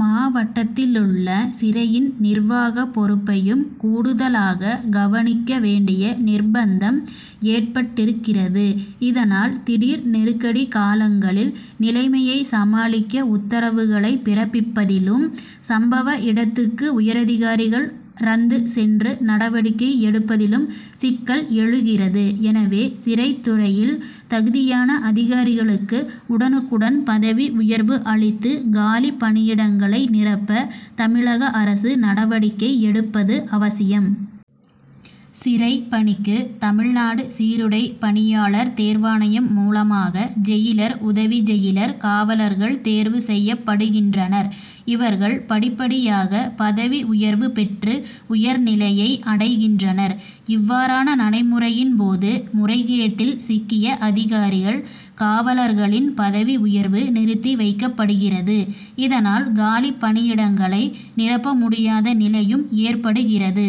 மாவட்டத்திலுள்ள சிறையின் நிர்வாக பொறுப்பையும் கூடுதலாக கவனிக்க வேண்டிய நிர்பந்தம் ஏற்பட்டிருக்கிறது. இதனால், திடீர் நெருக்கடி காலங்களில் நிலைமையை சமாளிக்க உத்தரவுகளை பிறப்பிப்பதிலும், சம்பவ இடத்துக்கு உயரதிகாரிகள் ரந்து சென்று நடவடிக்கை எடுப்பதிலும் சிக்கல் எழுகிறது. எனவே, சிறைத்துறையில் தகுதியான அதிகாரிகளுக்கு உடனுக்குடன் பதவி உயர்வு அளித்து, காலி பணியிடங்களை நிரப்ப தமிழக அரசு நடவடிக்கை எடுப்பது அவசியம். சிறை பணிக்கு, தமிழ்நாடு சீருடை பணியாளர் தேர்வாணையம் மூலமாக ஜெயிலர், உதவி ஜெயிலர், காவலர்கள் தேர்வு செய்யப்படுகின்றனர். இவர்கள் படிப்படியாக பதவி உயர்வு பெற்று உயர்நிலையை அடைகின்றனர். இவ்வாறான நடைமுறையின் போது முறைகேட்டில் சிக்கிய அதிகாரிகள், காவலர்களின் பதவி உயர்வு நிறுத்தி வைக்கப்படுகிறது. இதனால், காலி பணியிடங்களை நிரப்ப முடியாத நிலையும் ஏற்படுகிறது.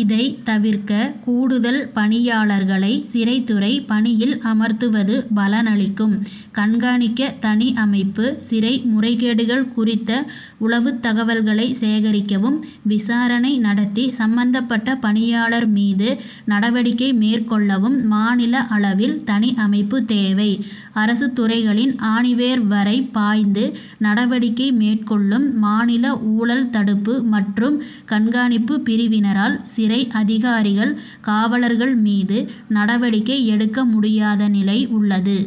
இதை தவிர்க்க, கூடுதல் பணியாளர்களை சிறைத்துறை பணியில் அமர்த்துவது பலனளிக்கும். கண்காணிக்க தனி அமைப்பு சிறை முறைகேடுகள் குறித்த உளவுத்தகவல்களை சேகரிக்கவும், விசாரணை நடத்தி சம்மந்தப்பட்ட பணியாளர் மீது நடவடிக்கை மேற்கொள்ளவும் மாநில அளவில் தனி அமைப்பு தேவை. அரசுத்துறைகளின் ஆணிவேர் வரை பாய்ந்து நடவடிக்கை மேற்கொள்ளும் மாநில ஊழல் தடுப்பு மற்றும் கண்காணிப்பு பிரிவினரால், சிறை அதிகாரிகள், காவலர்கள் மீது நடவடிக்கை எடுக்க முடியாத நிலை உள்ளது.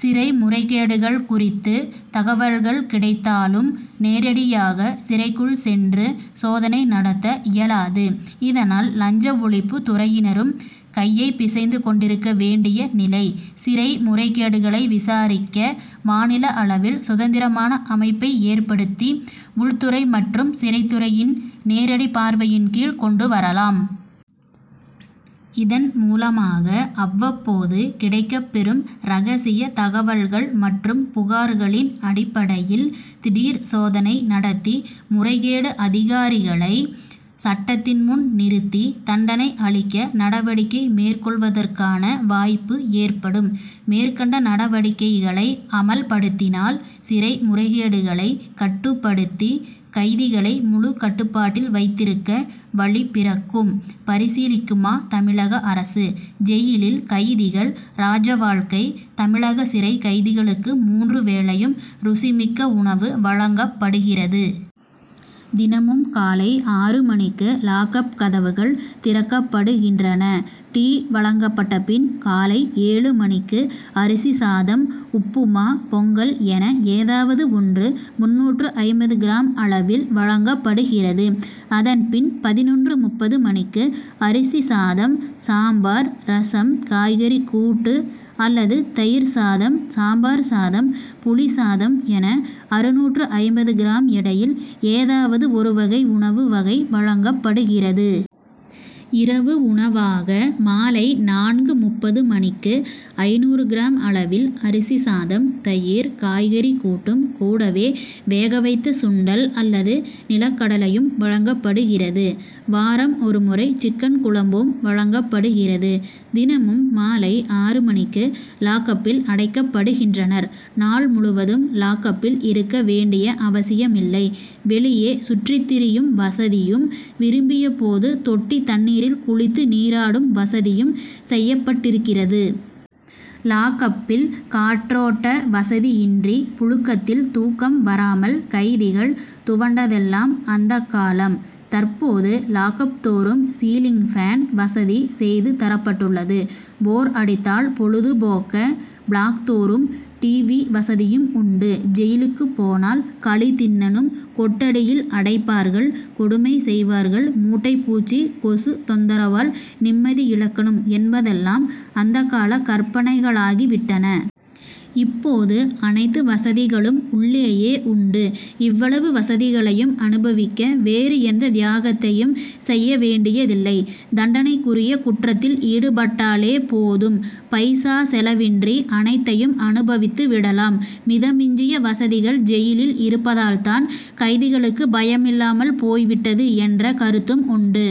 சிறைமுறைகேடுகள் குறித்து தகவல்கள் கிடைத்தாலும், நேரடியாக சிறைக்குள் சென்று சோதனை நடத்தஇயலாது. இதனால், லஞ்ச ஒழிப்பு துறையினரும் கையை பிசைந்து கொண்டிருக்க வேண்டிய நிலை. சிறை முறைகேடுகளை விசாரிக்க மாநில அளவில் சுதந்திரமான அமைப்பை ஏற்படுத்தி, உள்துறை மற்றும் சிறைத்துறையின் நேரடி பார்வையின் கீழ் கொண்டுவரலாம். இதன் மூலமாக, அவ்வப்போது கிடைக்கப்பெறும் ரகசிய தகவல்கள் மற்றும் புகார்களின் அடிப்படையில் திடீர் சோதனை நடத்தி, முறைகேடு அதிகாரிகளை சட்டத்தின் முன் நிறுத்தி தண்டனை அளிக்க நடவடிக்கை மேற்கொள்வதற்கான வாய்ப்பு ஏற்படும். மேற்கண்ட நடவடிக்கைகளை அமல்படுத்தினால், சிறை முறைகேடுகளை கட்டுப்படுத்தி, கைதிகளை முழு கட்டுப்பாட்டில் வைத்திருக்க வழி பிறக்கும்; பரிசீலிக்குமா தமிழக அரசு ஜெயிலில் கைதிகள், ராஜ வாழ்க்கை தமிழக சிறை கைதிகளுக்கு மூன்று வேளையும் ருசி மிக்க உணவு வழங்கப்படுகிறது. தினமும் காலை ஆறு மணிக்கு லாக்கப்' கதவுகள் திறக்கப்படுகின்றன. டீ வழங்கப்பட்ட பின் காலை ஏழு மணிக்கு அரிசி சாதம், உப்புமா, பொங்கல் என ஏதாவது ஒன்று முன்னூற்று ஐம்பது கிராம் அளவில் வழங்கப்படுகிறது. அதன் பின், பதினொன்று.முப்பது மணிக்கு அரிசி சாதம், சாம்பார், ரசம், காய்கறி கூட்டு அல்லது தயிர் சாதம், சாம்பார் சாதம், புளிசாதம் என அறுநூற்று ஐம்பது கிராம் எடையில் ஏதாவது ஒரு வகை உணவு வகை வழங்கப்படுகிறது. இரவு உணவாக, மாலை நான்கு.முப்பது மணிக்கு ஐநூறு கிராம் அளவில் அரிசி சாதம், தயிர், காய்கறி கூட்டும், கூடவே வேக வைத்த சுண்டல் அல்லது நிலக்கடலையும் வழங்கப்படுகிறது. வாரம் ஒரு முறை சிக்கன் குழம்பும் வழங்கப்படுகிறது. தினமும் மாலை ஆறு மணிக்கு லாக்கப்பில் அடைக்கப்படுகின்றனர். நாள் முழுவதும் லாக்கப்பில் இருக்க வேண்டிய அவசியமில்லை வெளியே சுற்றித்திரியும் வசதியும், விரும்பிய போது தொட்டி தண்ணீரில் குளித்து நீராடும் வசதியும் செய்யப்பட்டிருக்கிறது. லாக்கப்'பில் காற்றோட்ட வசதியின்றி புழுக்கத்தில் தூக்கம் வராமல் கைதிகள் துவண்டதெல்லாம் அந்தக்காலம். தற்போது, லாக்கப் தோறும் சீலிங் பேன்' வசதி செய்து தரப்பட்டுள்ளது. போர் அடித்தால்' பொழுது போக்க பிளாக்' தோறும் டிவி' வசதியும் உண்டு. ஜெயிலுக்கு போனால் களி திண்ணனும்; கொட்டடியில் அடைப்பார்கள்; கொடுமை செய்வார்கள்; மூட்டைப்பூச்சி, கொசு தொந்தரவால் நிம்மதியிழக்கனும்' என்பதெல்லாம் கடந்தகால கற்பனைகளாகிவிட்டன. இப்போது, அனைத்து வசதிகளும் உள்ளேயே உண்டு. இவ்வளவு வசதிகளையும் அனுபவிக்க வேறு எந்த தியாகத்தையும் செய்ய வேண்டியதில்லை; தண்டனைக்குரிய குற்றத்தில் ஈடுபட்டாலே போதும், பைசா செலவின்றி அனைத்தையும் அனுபவித்து விடலாம். மித மிஞ்சிய வசதிகள் ஜெயிலில் இருப்பதால் தான், கைதிகளுக்கு பயமில்லாமல் போய் விட்டது' என்ற கருத்தும் உண்டு.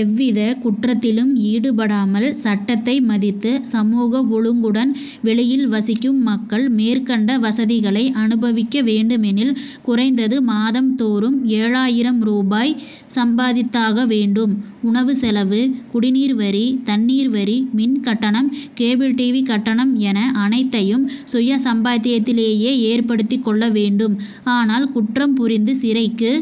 எவ்வித குற்றத்திலும் ஈடுபடாமல், சட்டத்தை மதித்து சமூக ஒழுங்குடன் வெளியில் வசிக்கும் மக்கள், மேற்கண்ட வசதிகளை அனுபவிக்க வேண்டுமெனில், குறைந்தது மாதம்தோறும் ஏழாயிரம் ரூபாய் சம்பாதித்தாக வேண்டும். உணவுச்செலவு, குடிநீர் வரி, தண்ணீர் வரி, மின் கட்டணம், கேபிள் டிவி' கட்டணம் என அனைத்தையும் சுய சம்பாத்தியத்திலேயே ஏற்படுத்திக் கொள்ள வேண்டும். ஆனால், குற்றம் புரிந்து சிறைக்கு